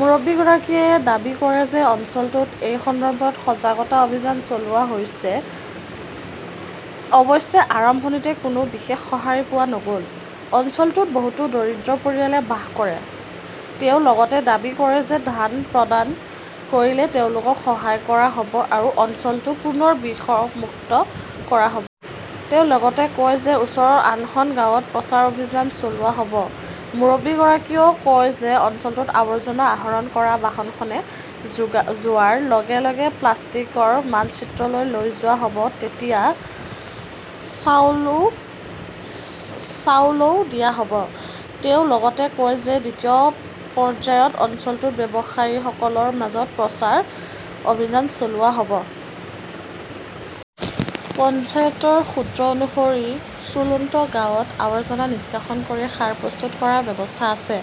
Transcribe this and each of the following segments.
মুৰব্বীগৰাকীয়ে দাবী কৰে যে অঞ্চলটোত এই সন্দৰ্ভত সজাগতা অভিযান চলোৱা হৈছে। অৱশ্যে আৰম্ভণিতে কোনো বিশেষ সঁহাৰি পোৱা নগ'ল। অঞ্চলটোত বহুতো দৰিদ্ৰ পৰিয়ালে বাস কৰে। তেওঁ লগতে দাবী কৰে যে ধান প্ৰদান কৰিলে তেওঁলোকক সহায় কৰা হ'ব আৰু অঞ্চলটো পুনৰ বিষমুক্ত কৰা হ'ব। তেওঁ লগতে কয় যে ওচৰৰ আন খন গাঁৱত প্ৰচাৰ অভিযান চলোৱা হ'ব। মুৰব্বীগৰাকীয়ে কয় যে অঞ্চলটোত আৱৰ্জনা আহৰণ কৰা বাহনখনে যোৱাৰ লগে-লগে প্লাষ্টিকৰ মানচিত্ৰলৈ লৈ যোৱা হ'ব। তেতিয়া চাউলও, চাউলও দিয়া হ'ব। তেওঁ লগতে কয় যে দ্বিতীয় পৰ্যায়ত অঞ্চলটোৰ ব্যৱসায়ীসকলৰ মাজত প্ৰচাৰ অভিযান চলোৱা হ'ব। পঞ্চায়তৰ সূত্ৰ অনুসৰি চুলুণ্টু গাঁৱত আৱৰ্জনা নিষ্কাশন কৰি সাৰ প্ৰস্তুত কৰাৰ ব্যৱস্থা আছে।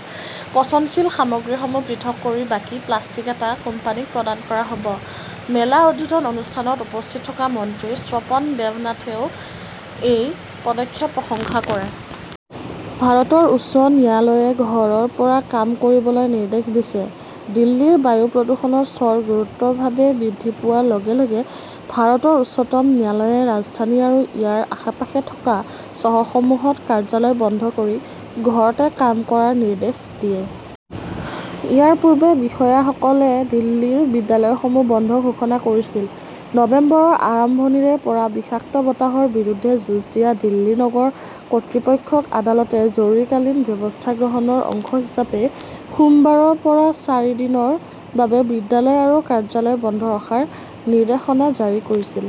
পচনশীল সামগ্ৰীসমূহ পৃথক কৰি বাকী প্লাষ্টিক এটা কোম্পানীক প্ৰদান কৰা হ'ব। মেলা উদ্বোধন অনুষ্ঠানত উপস্থিত থকা মন্ত্ৰী স্বপন দেৱনাথে এই পদক্ষেপ প্ৰশংসা কৰে। ভাৰতৰ উচ্চ ন্যায়ালয়ে ঘৰৰ পৰা কাম কৰিবলৈ নিৰ্দেশ দিছে দিল্লীৰ বায়ু প্ৰদূষণৰ স্তৰ গুৰুতৰভাৱে বৃদ্ধি পোৱাৰ লগে -লগে ভাৰতৰ উচ্চতম ন্যায়ালয়ে ৰাজধানী আৰু ইয়াৰ আশে-পাশে থকা চহৰসমূহত কাৰ্যালয় বন্ধ কৰি ঘৰতে কাম কৰাৰ নিৰ্দেশ দিয়ে। ইয়াৰ পূৰ্বে বিষয়াসকলে দিল্লীৰ বিদ্যালয়সমূহ বন্ধ ঘোষণা কৰিছিল। নৱেম্বৰৰ আৰম্ভণিৰে পৰা বিষাক্ত বতাহৰ বিৰুদ্ধে যুঁজ দিয়া দিল্লীৰ নগৰ কৰ্তৃপক্ষক আদালতে জৰুৰীকালীন ব্যৱস্থা গ্ৰহণৰ অংশ হিচাপে সোমবাৰৰ পৰা চাৰিদিনৰ বাবে বিদ্যালয় আৰু কাৰ্যালয় বন্ধ ৰখাৰ নিৰ্দেশনা জাৰি কৰিছিল।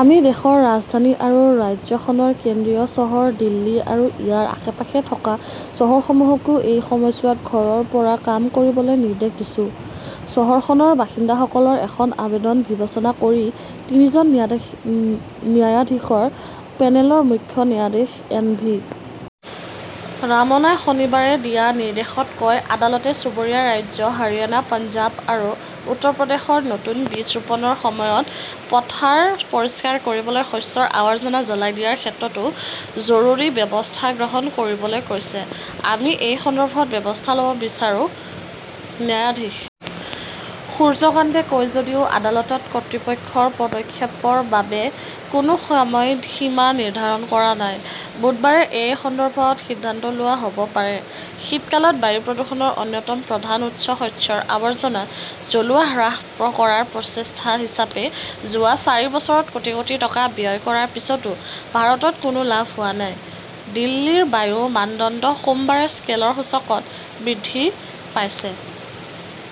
আমি দেশৰ ৰাজধানী আৰু ৰাজ্যখনৰ কেন্দ্ৰীয় চহৰ দিল্লী আৰু ইয়াৰ আশে-পাশে থকা চহৰসমূহকো এই সময়ছোৱাত ঘৰৰ পৰা কাম কৰিবলৈ নিৰ্দেশ দিছো। চহৰখনৰ বাসিন্দাসকলৰ এখন আবেদন বিবেচনা কৰি তিনিজন ন্যায়াধীশৰ পেনেলৰ মুখ্য ন্যায়াধীশ এন .ভি .ৰামনাই শনিবাৰে দিয়া নিৰ্দেশত কয়, আদালতে চুবুৰীয়া ৰাজ্য হাৰিয়ানা, পঞ্জাৱ আৰু উত্তৰ প্ৰদেশত নতুন বীজ ৰুপনৰ সময়ত পথাৰ পৰিষ্কাৰ কৰিবলৈ শস্যৰ আৱৰ্জনা জ্বলাই দিয়াৰ ক্ষেত্ৰতো জৰুৰী ব্যৱস্থা গ্ৰহণ কৰিবলৈ কৈছে। আমি এই সন্দৰ্ভত ব্যৱস্থা ল'ব বিচাৰো ।ন্যায়াধীশ সূৰ্য কান্তে কয় যদিও আদালতে কৰ্তৃপক্ষৰ পদক্ষেপৰ বাবে কোনো সময়সীমা নিৰ্ধাৰণ কৰা নাই, বুধবাৰে এই সন্দৰ্ভত সিদ্ধান্ত লোৱা হ'ব পাৰে। শীতকালত বায়ু প্ৰদূষণৰ অন্যতম প্ৰধান উৎস শস্যৰ আৱৰ্জনা জ্বলোৱা হ্ৰাস কৰাৰ প্ৰচেষ্টা হিচাপে যোৱা চাৰি বছৰত কোটি- কোটি টকা ব্যয় কৰাৰ পিছতো ভাৰতত কোনো লাভ হোৱা নাই। দিল্লীৰ বায়ুৰ মানদণ্ড সোমবাৰে স্কেলৰ সূচকত লৈ বৃদ্ধি পাইছে।